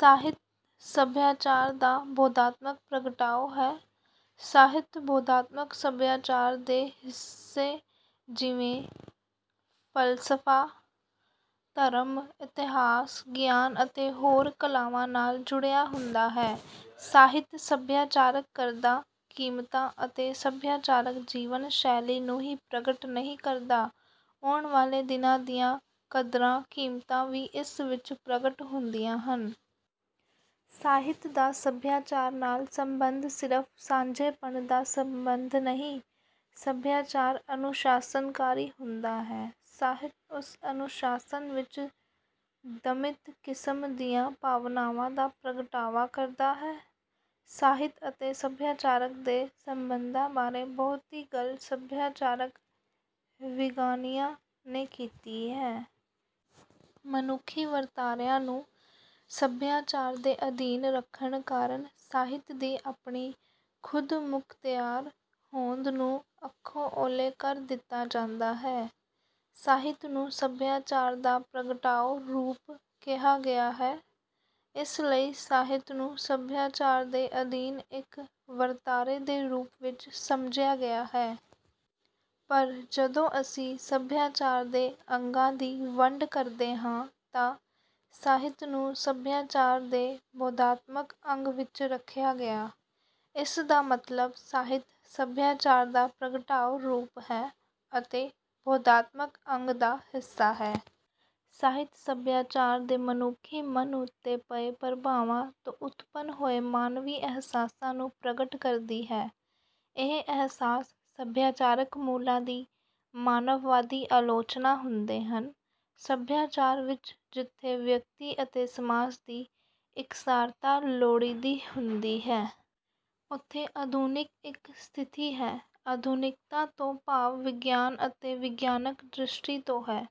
ਸਾਹਿਤ ਸਭਿਆਚਾਰ ਦਾ ਬੋਧਾਤਮਕ ਪ੍ਰਗਟਾਅ ਹੈ। ਸਾਹਿਤ ਬੋਧਾਤਮਕ ਸਭਿਆਚਾਰ ਦੇ ਹਿੱਸੇ ਜਿਵੇਂ- ਫਲਸਫਾ, ਧਰਮ, ਇਤਿਹਾਸ, ਗਿਆਨ ਅਤੇ ਹੋਰ ਕਲਾਵਾਂ ਨਾਲ ਜੁੜਿਆ ਹੁੰਦਾ ਹੈ। ਸਾਹਿਤ ਸਭਿਆਚਾਰਕ ਕਦਰਾਂ-ਕੀਮਤਾਂ ਅਤੇ ਸਭਿਆਚਾਰਕ ਜੀਵਨ ਸ਼ੈਲੀ ਨੂੰ ਹੀ ਪ੍ਰਗਟ ਨਹੀਂ ਕਰਦਾ, ਆਉਣ ਵਾਲੇ ਦਿਨਾਂ ਦੀਆਂ ਕਦਰਾਂ-ਕੀਮਤਾਂ ਵੀ ਇਸ ਵਿਚ ਪ੍ਰਗਟ ਹੁੰਦੀਆਂ ਹਨ। ਸਾਹਿਤ ਦਾ ਸਭਿਆਚਾਰ ਨਾਲ ਸੰਬੰਧ ਸਿਰਫ ਸਾਂਝੇਪਣ ਦਾ ਸੰਬੰਧ ਨਹੀਂ। ਸਭਿਆਚਾਰ ਅਨੁਸ਼ਾਸਨਕਾਰੀ ਹੁੰਦਾ ਹੈ। ਸਾਹਿਤ ਉਸ ਅਨੁਸ਼ਾਸਨ ਵਿੱਚ ਦਮਿਤ ਕਿਸਮ ਦੀਆਂ ਭਾਵਨਾਵਾਂ ਦਾ ਪ੍ਰਗਟਾਵਾ ਕਰਦਾ ਹੈ। ਸਾਹਿਤ ਅਤੇ ਸਭਿਆਚਾਰਕ ਦੇ ਸੰਬੰਧਾਂ ਬਾਰੇ ਬਹੁਤੀ ਗੱਲ ਸਭਿਆਚਾਰਕ ਵਿਗਿਆਨੀਆਂ ਨੇ ਕੀਤੀ ਹੈ। ਮਨੁੱਖੀ ਵਰਤਾਰਿਆਂ ਨੂੰ ਸਭਿਆਚਾਰ ਦੇ ਅਧੀਨ ਰੱਖਣ ਕਾਰਨ ਸਾਹਿਤ ਦੀ ਆਪਣੀ ਖ਼ੁਦਮੁਖ਼ਤਿਆਰ ਹੋਂਦ ਨੂੰ ਅੱਖੋਂ ਉਹਲੇ ਕਰ ਦਿੱਤਾ ਜਾਦਾਂ ਹੈ। ਸਾਹਿਤ ਨੂੰ ਸਭਿਆਚਾਰ ਦਾ ਪਰਗਟਾਅ ਰੂਪ ਕਿਹਾ ਗਿਆ ਹੈ। ਇਸ ਲਈ ਸਾਹਿਤ ਨੂੰ ਸਭਿਆਚਾਰ ਦੇ ਅਧੀਨ ਇਕ ਵਰਤਾਰੇ ਦੇ ਰੂਪ ਵਿੱਚ ਸਮਝਿਆ ਗਿਆ ਹੈ। ਪਰ ਜਦੋਂ ਅਸੀਂ ਸਭਿਆਚਾਰ ਦੇ ਅੰਗਾਂ ਦੀ ਵੰਡ ਕਰਦੇ ਹਾਂ ਤਾ ਸਾਹਿਤ ਨੂੰ ਸਭਿਆਚਾਰ ਦੇ ਬੋਧਾਤਮਕ ਅੰਗ ਵਿੱਚ ਰੱਖਿਆ ਗਿਆ। ਇਸ ਦਾ ਮਤਲਬ ਸਾਹਿਤ ਸਭਿਆਚਾਰ ਦਾ ਪਰਗਟਾਅ ਰੂਪ ਹੈ ਅਤੇ ਬੋਧਾਤਮਕ ਅੰਗ ਦਾ ਹਿੱਸਾ ਹੈ। ਸਾਹਿਤ ਸਭਿਆਚਾਰ ਦੇ ਮਨੁੱਖੀ ਮਨ ਉੱਤੇ ਪਏ ਪ੍ਰਭਾਵਾਂ ਤੋਂ ਉਤਪੰਨ ਹੋਏ ਮਾਨਵੀ ਅਹਿਸਾਸਾਂ ਨੂੰ ਪ੍ਰਗਟ ਕਰਦੀ ਹੈ। ਇਹ ਅਹਿਸਾਸ ਸਭਿਆਚਾਰਕ ਮੁੱਲਾਂ ਦੀ ਮਾਨਵਵਾਦੀ ਆਲੋਚਨਾ ਹੁੰਦੇ ਹਨ। ਸਭਿਆਚਾਰ ਵਿੱਚ ਜਿੱਥੇ ਵਿਅਕਤੀ ਅਤੇ ਸਮਾਜ ਦੀ ਇਕਸਾਰਤਾ ਲੋੜੀਦੀ ਹੁੰਦੀ ਹੈ। ਉੱਥੇ ਆਧੁਨਿਕ ਇੱਕ ਸਥਿਤੀ ਹੈ। ਆਧੁਨਿਕਤਾ ਤੋਂ ਭਾਵ ਵਿਗਿਆਨ ਅਤੇ ਵਿਗਿਆਨਕ ਦ੍ਰਿਸ਼ਟੀ ਤੋਂ ਹੈ।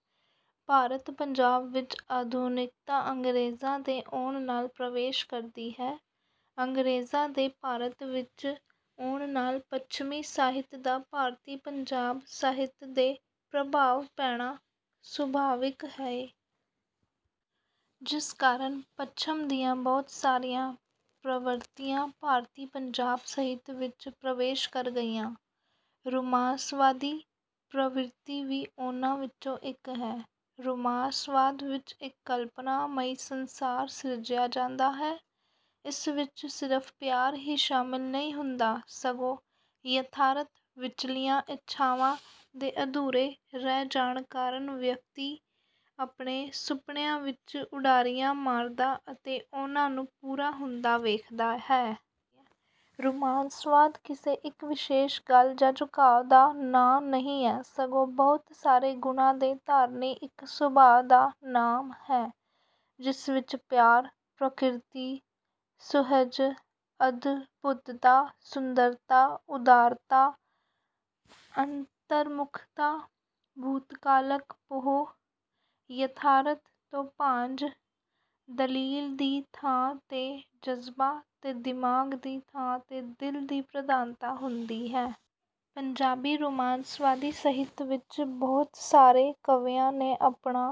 ਭਾਰਤ ਪੰਜਾਬ ਵਿੱਚ ਆਧੁਨਿਕਤਾ ਅੰਗਰੇਜ਼ਾ ਦੇ ਆਉਣ ਨਾਲ ਪ੍ਰਵੇਸ਼ ਕਰਦੀ ਹੈ। ਅੰਗਰੇਜ਼ਾਂ ਦੇ ਭਾਰਤ ਵਿੱਚ ਆਉਣ ਨਾਲ ਪੱਛਮੀ ਸਾਹਿਤ ਦਾ ਭਾਰਤੀ ਪੰਜਾਬ ਸਾਹਿਤ ਤੇ ਪ੍ਰਭਾਵ ਪੈਣਾ ਸੁਭਾਵਿਕ ਹੀ। ਜਿਸ ਕਾਰਨ ਪੱਛਮ ਦੀਆਂ ਬਹੁਤ ਸਾਰੀਆਂ ਪ੍ਰਵਿਰਤੀਆਂ ਭਾਰਤੀ ਪੰਜਾਬ ਸਾਹਿਤ ਵਿੱਚ ਪ੍ਰਵੇਸ਼ ਕਰ ਗਈਆਂ। ਰੁਮਾਂਸਵਾਦੀ ਪ੍ਰਵਿਰਤੀ ਵੀ ਉਨ੍ਹਾਂ ਵਿੱਚੋਂ ਇੱਕ ਹੈ। ਰੁਮਾਂਸਵਾਦ ਵਿੱਚ ਇੱਕ ਕਲਪਨਾ ਮਈ ਸੰਸਾਰ ਸਿਰਜਿਆ ਜਾਂਦਾ ਹੈ। ਇਸ ਵਿੱਚ ਸਿਰਫ਼ ਪਿਆਰ ਹੀ ਸ਼ਾਮਿਲ ਨਹੀਂ ਹੁੰਦਾ, ਸਗੋਂ ਯਥਾਰਥ ਵਿਚਲੀਆਂ ਇੱਛਾਵਾਂ ਦੇ ਅਧੂਰੇ ਰਹਿ ਜਾਣ ਕਰਨ ਵਿਅਕਤੀ ਆਪਣੇ ਸੁਪਨਿਆਂ ਵਿੱਚ ਉਡਾਰੀਆਂ ਮਾਰਦਾ ਅਤੇ ਉਨ੍ਹਾਂ ਨੂੰ ਪੂਰਾ ਹੁੰਦਾ ਵੇਖਦਾ ਹੈ। ਰੁਮਾਂਸਵਾਦ ਕਿਸੇ ਇੱਕ ਵਿਸ਼ੇਸ਼ ਗੱਲ ਜਾਂ ਝੁਕਾਅ ਦਾ ਨਾਂ ਨਹੀਂ ਹੈ ਸਗੋਂ ਬਹੁਤ ਸਾਰੇ ਗੁਣਾਂ ਦੇ ਧਾਰਨੀ ਇੱਕ ਸੁਭਾਅ ਦਾ ਨਾਂ ਹੈ। ਜਿਸ ਵਿੱਚ ਪਿਆਰ, ਪ੍ਰਕਿਰਤੀ, ਸੁਹਜ, ਅਦਭੁੁਤਤਾਂ, ਸੁੰਦਰਤਾ, ਉਦਾਰਤਾ, ਅੰਤਰਮੁੁਖਤਾਂ, ਭੂਤਕਾਲਕ ਪੋਹ, ਯਥਾਰਥ ਤੋਂ ਭਾਂਜ, ਦਲੀਲ ਦੀ ਥਾਂ ਤੇ ਜਜ਼ਬਾ ਤੇ ਦਿਮਾਗ ਦੀ ਥਾਂ ਤੇ ਦਿਲ ਦੀ ਪ੍ਰਧਾਨਤਾ ਹੁੰਦੀ ਹੈ। ਪੰਜਾਬੀ ਰੁਮਾਂਸਵਾਦੀ ਸਾਹਿਤ ਵਿੱਚ ਬਹੁਤ ਸਾਰੇ ਕਵੀਆਂ ਨੇ ਆਪਣਾ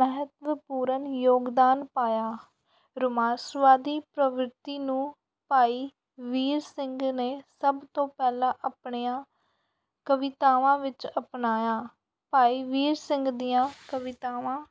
ਮਹੱਤਵਪੂਰਨ ਯੋਗਦਾਨ ਪਾਇਆ। ਰੁਮਾਂਸਵਾਦੀ ਪ੍ਰਵਿਰਤੀ ਨੂੰ ਭਾਈ ਵੀਰ ਸਿੰਘ ਨੇ ਸਭ ਤੋਂ ਪਹਿਲਾਂ ਆਪਣੀਆਂ ਕਵਿਤਾਵਾਂ ਵਿੱਚ ਅਪਣਾਇਆ। ਭਾਈ ਵੀਰ ਸਿੰਘ ਦੀਆਂ ਕਵਿਤਾਵਾਂ